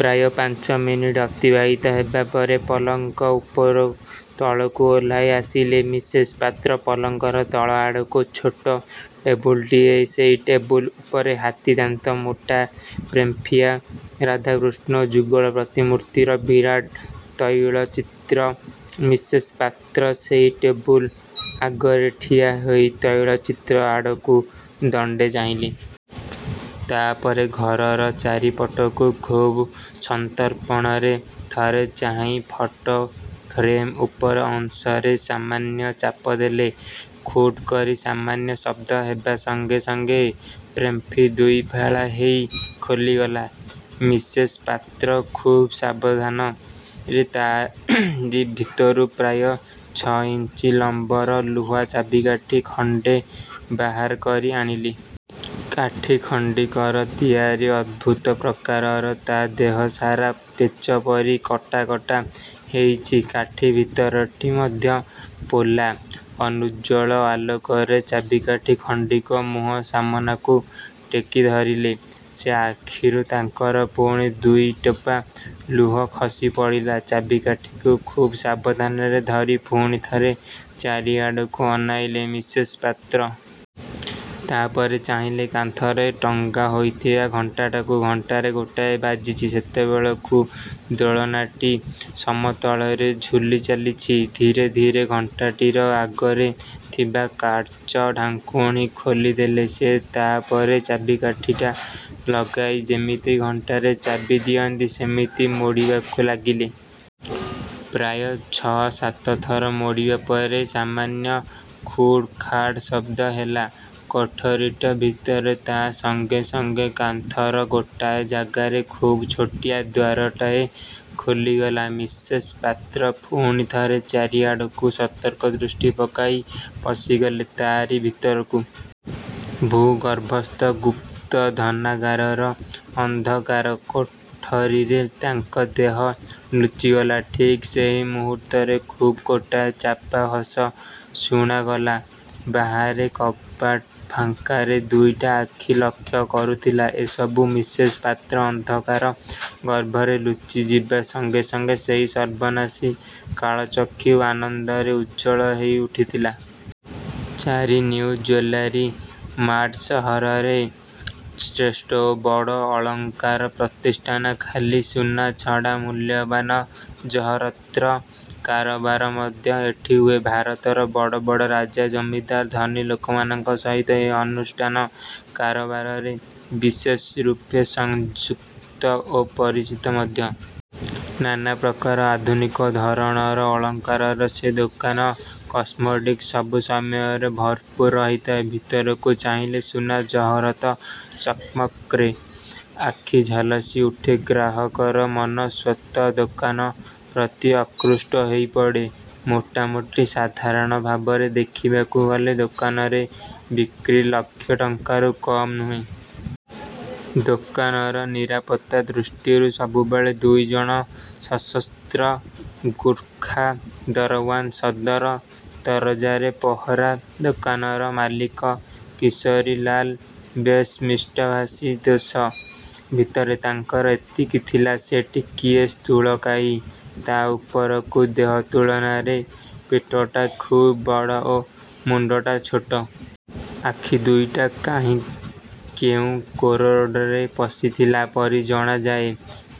ପ୍ରାୟ ପାଞ୍ଚ ମିନିଟ୍ ଅତିବାହିତ ହେବା ପରେ ପଲଙ୍କ ଉପରୁ ତଳକୁ ଓହ୍ଲାଇ ଆସିଲେ ମିସେସ୍ ପାତ୍ର। ପଲଙ୍କର ତଳ ଆଡ଼କୁ ଛୋଟ ଟେବୁଲଟିଏ। ସେଇ ଟେବୁଲ ଉପରେ ହାତୀ ଦାନ୍ତର ମୋଟା ଫ୍ରେମ୍ଦିଆ ରାଧାକୃଷ୍ଣ ଯୁଗଳ ପ୍ରତିମୂର୍ତ୍ତିର ବିରାଟ ତୈଳଚିତ୍ର। ମିସେସ୍ ପାତ୍ର ସେଇ ଟେବୁଲ୍ ଆଗରେ ଠିଆ ହୋଇ ତୈଳଚିତ୍ର ଆଡ଼କୁ ଦଣ୍ଡେ ଚାହିଁଲେ। ତା'ପରେ ଘରର ଚାରିପଟକୁ ଖୁବ୍ ସନ୍ତର୍ପଣରେ ଥରେ ଚାହିଁ ଫଟୋ ଫ୍ରେମ୍ର ଉପର ଅଂଶରେ ସାମାନ୍ୟ ଚାପ ଦେଲେ। 'ଖୁଟ୍' କରି ସାମାନ୍ୟ ଶବ୍ଦ ହେବା ସଙ୍ଗେ ସଙ୍ଗେ ଫ୍ରେମ୍ଟି ଦୁଇଫାଳ ହୋଇ ଖୋଲିଗଲା-। ମିସେସ୍ ପାତ୍ର ଖୁବ୍ ସାବଧାନରେ ତା'ରି ଭିତରୁ ପ୍ରାୟ ଛଅଇଞ୍ଚ ଲମ୍ବର ଲୁହା ଚାବିକାଠି ଖଣ୍ଡେ ବାହାର କରି ଆଣିଲେ। କାଠି ଖଣ୍ଡିକର ତିଆରି ଅଦ୍ଭୁତ ପ୍ରକାରର। ତା' ଦେହସାରା ପେଚ ପରି କଟା କଟା ହୋଇଛି। କାଠି ଭିତରଟି ମଧ୍ୟ ପୋଲା। ଅନୁଜ୍ଜ୍ୱଳ ଆଲୋକରେ ଚାବିକାଠି ଖଣ୍ଡିକ ମୁହଁ ସାମନାକୁ ଟେକି ଧରିଲେ ସେ। ଆଖିରୁ ତାଙ୍କର ପୁଣି ଦୁଇଟୋପା ଲୁହ ଖସି ପଡ଼ିଲା-। ଚାବିକାଠିକୁ ଖୁବ୍ ସାବଧାନରେ ଧରି ପୁଣି ଥରେ ଚାରିଆଡ଼କୁ ଅନାଇଲେ ମିସେସ୍ ପାତ୍ର। ତା'ପରେ ଚାହିଁଲେ କାନ୍ଥରେ ଟଙ୍ଗା ହୋଇଥିବା ଘଣ୍ଟାଟାକୁ। ଘଣ୍ଟାରେ ଗୋଟାଏ ବାଜିଛି ସେତେବେଳକୁ। ଦୋଳନାଟି ସମତାଳରେ ଝୁଲି ଚାଲିଛି। ଧୀରେ ଧୀରେ ଘଣ୍ଟାଟିର ଆଗରେ ଥିବା କାଚ ଢାଙ୍କୁଣୀ ଖୋଲି ଦେଲେ ସେ। ତା'ପରେ ଚାବିକାଠିଟା ଲଗାଇ ଯେମିତି ଘଣ୍ଟାରେ ଚାବି ଦିଅନ୍ତି, ସେମିତି ମୋଡ଼ିବାକୁ ଲାଗିଲେ। ପ୍ରାୟ ଛଅ ସାତ ଥର ମୋଡ଼ିବା ପରେ ସାମାନ୍ୟ ଖୁଡ଼୍ ଖାଡ଼୍ ଶବ୍ଦହେଲା କୋଠରୀଟା ଭିତରେ। ତା' ସଙ୍ଗେ ସଙ୍ଗେ କାନ୍ଥର ଗୋଟାଏ ଜାଗାରେ ଖୁବ୍ ଛୋଟିଆ ଦ୍ୱାରଟାଏ ଖୋଲିଗଲା। ମିସେସ୍ ପାତ୍ର ପୁଣି ଥରେ ଚାରିଆଡ଼କୁ ସତର୍କ ଦୃଷ୍ଟି ପକାଇ ପଶିଗଲେ ତା'ରି ଭିତରକୁ। ଭୂ ଗର୍ଭସ୍ଥ ଗୁପ୍ତ ଧନାଗାରର ଅନ୍ଧକାର କୋଠରୀରେ ତାଙ୍କ ଦେହ ଲୁଚିଗଲା। ଠିକ୍ ସେଇ ମୁହୂର୍ତ୍ତରେ ଖୁବ୍ ଗୋଟାଏ ଚାପା ହସ ଶୁଣାଗଲା ବାହାରେ। କବାଟ ଫାଙ୍କରେ ଦୁଇଟା ଆଖି ଲକ୍ଷ୍ୟ କରୁଥିଲା ଏ ସବୁ। ମିସେସ୍ ପାତ୍ର ଅନ୍ଧକାର ଗର୍ଭରେ ଲୁଚିଯିବା ସଙ୍ଗେ ସଙ୍ଗେ ସେଇ ସର୍ବନାଶୀ କାଳଚକ୍ଷୁ ଆନନ୍ଦରେ ଉଜ୍ଜ୍ୱଳ ହୋଇ ଉଠିଥିଲା। -ଚାରି- ନିଉ ଜୁଏଲାରୀ ମାର୍ଟ ସହରର ଶ୍ରେଷ୍ଠ ଓ ବଡ଼ ଅଳଙ୍କାର ପ୍ରତିଷ୍ଠାନ। ଖାଲି ସୁନା ଛଡ଼ା ମୂଲ୍ୟବାନ ଜହରତ୍ର କାରବାର ମଧ୍ୟ ଏଠି ହୁଏ। ଭାରତର ବଡ଼ ବଡ଼ ରାଜା, ଜମିଦାର, ଧନୀଲୋକମାନଙ୍କ ସହିତ ଏ ଅନୁଷ୍ଠାନ କାରବାରରେ ବିଶେଷରୂପେ ସଂଯୁକ୍ତ ଓ ପରିଚିତ ମଧ୍ୟ। ନାନା ପ୍ରକାର ଆଧୁନିକ ଧରଣର ଅଳଙ୍କାରର ସେ ଦୋକାନ। କେଶ୍ଗୁଡ଼ିକ ସବୁ ସମୟରେ ଭରପୂର ରହିଥାଏ। ଭିତରକୁ ଚାହିଁଲେ ସୁନା ଜହରତ୍ର ଚକ୍ମକ୍ରେ ଆଖି ଝଲସି ଉଠେ; ଗ୍ରାହକର ମନ ସ୍ୱତଃ ଦୋକାନପ୍ରତି ଆକୃଷ୍ଟ ହୋଇପଡ଼େ। ମୋଟାମୋଟି ସାଧାରଣ ଭାବରେ ଦେଖିବାକୁ ଗଲେ ଦୋକାନରେ ବିକ୍ରୀ ଲକ୍ଷେ ଟଙ୍କାରୁ କମ୍ ନୁହେଁ। ଦୋକାନର ନିରାପତ୍ତା ଦୃଷ୍ଟିରୁ ସବୁବେଳେ ଦୁଇଜଣ ସଶସ୍ତ୍ର ଗୁର୍ଖା ଦରଓ୍ୱାନ୍ ସଦର ଦରଜାରେ ପହରା। ଦୋକାନର ମାଲିକ କିଶୋରୀଲାଲ ବେଶ୍ ମିଷ୍ଟଭାଷୀ। ଦୋଷ ଭିତରେ ତାଙ୍କର ଏତିକି ଥିଲା, ସେ ଟିକିଏ ସ୍ଥୂଳକାୟ। ତା' ଉପରକୁ ଦେହ ତୁଳନାରେ ପେଟଟା ଖୁବ୍ ବଡ଼ ଓ ମୁଣ୍ଡଟା ଛୋଟ। ଆଖି ଦୁଇଟା କାହିଁ କେଉଁ କୋରଡ଼ରେ ପଶିଥିଲା ପରି ଜଣାଯାଏ।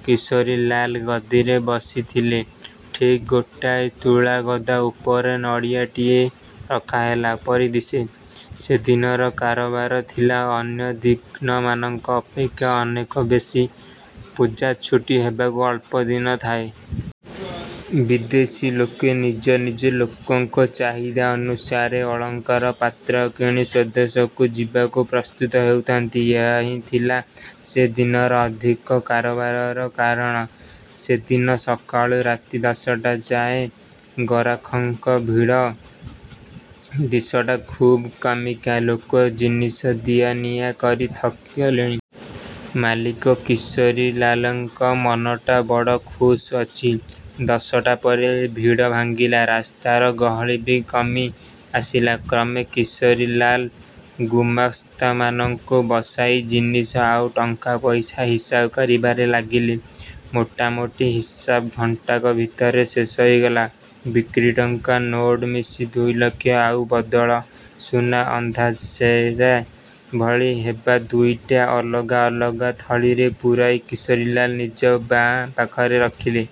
କିଶୋରୀଲାଲ ଗଦିରେ ବସିଥିଲେ ଠିକ୍ ଗୋଟାଏ ତୁଳାଗଦା ଉପରେ ନଡ଼ିଆଟିଏ ରଖାହେଲା ପରି ଦିଶେ। ସେଦିନର କାରବାର ଥିଲା ଅନ୍ୟ ଦିନମାନଙ୍କ ଅପେକ୍ଷା ଅନେକ ବେଶୀ। ପୂଜା ଛୁଟି ହେବାକୁ ଅଳ୍ପ ଦିନ ଥାଏ। ବିଦେଶୀ ଲୋକେ ନିଜ ନିଜ ଲୋକଙ୍କ ଚାହିଦା ଅନୁସାରେ ଅଳଙ୍କାର ପତ୍ର କିଣି ସ୍ୱଦେଶକୁ ଯିବାକୁ ପ୍ରସ୍ତୁତ ହେଉଥାନ୍ତି। ଏହାହିଁ ଥିଲା ସେ ଦିନର ଅଧିକ କାରବାରର କାରଣ। ସେଦିନ ସକାଳୁ ରାତି ଦଶଟାଯାଏ ଗରାଖଙ୍କ ଭିଡ଼। ଦଶଟା ଖୁବ୍ କାମିକା ଲୋକ ଜିନିଷ ଦିଆ ନିଆ କରି ଥକି ଗଲେଣି। ମାଲିକ କିଶୋରୀଲାଲଙ୍କ ମନଟା ବଡ଼ ଖୁସ୍ ଅଛି। ଦଶଟା ପରେ ଭିଡ଼ ଭାଙ୍ଗିଲା। ରାସ୍ତାର ଗହଳି ବି କମି ଆସିଲା କ୍ରମେ। କିଶୋରୀଲାଲ ଗୁମାସ୍ତାମାନଙ୍କୁ ବସାଇ ଜିନିଷ ଆଉ ଟଙ୍କା ପଇସାର ହିସାବ କରିବାରେ ଲାଗିଲେ-। ମୋଟାମୋଟି ହିସାବ ଘଣ୍ଟାକ ଭିତରେ ଶେଷ ହୋଇଗଲା। ବିକ୍ରି ଟଙ୍କା ନୋଟ ମିଶି ଦୁଇଲକ୍ଷ, ଆଉ ବଦଳ ସୁନା ଅନ୍ଦାଜ ସେରେ ଭଳି ହେବ ଦୁଇଟା ଅଲଗା ଅଲଗା ଥଳିରେ ପୂରାଇ କିଶୋରୀଲାଲ ନିଜ ବାଆଁ ପାଖରେ ରଖିଲେ।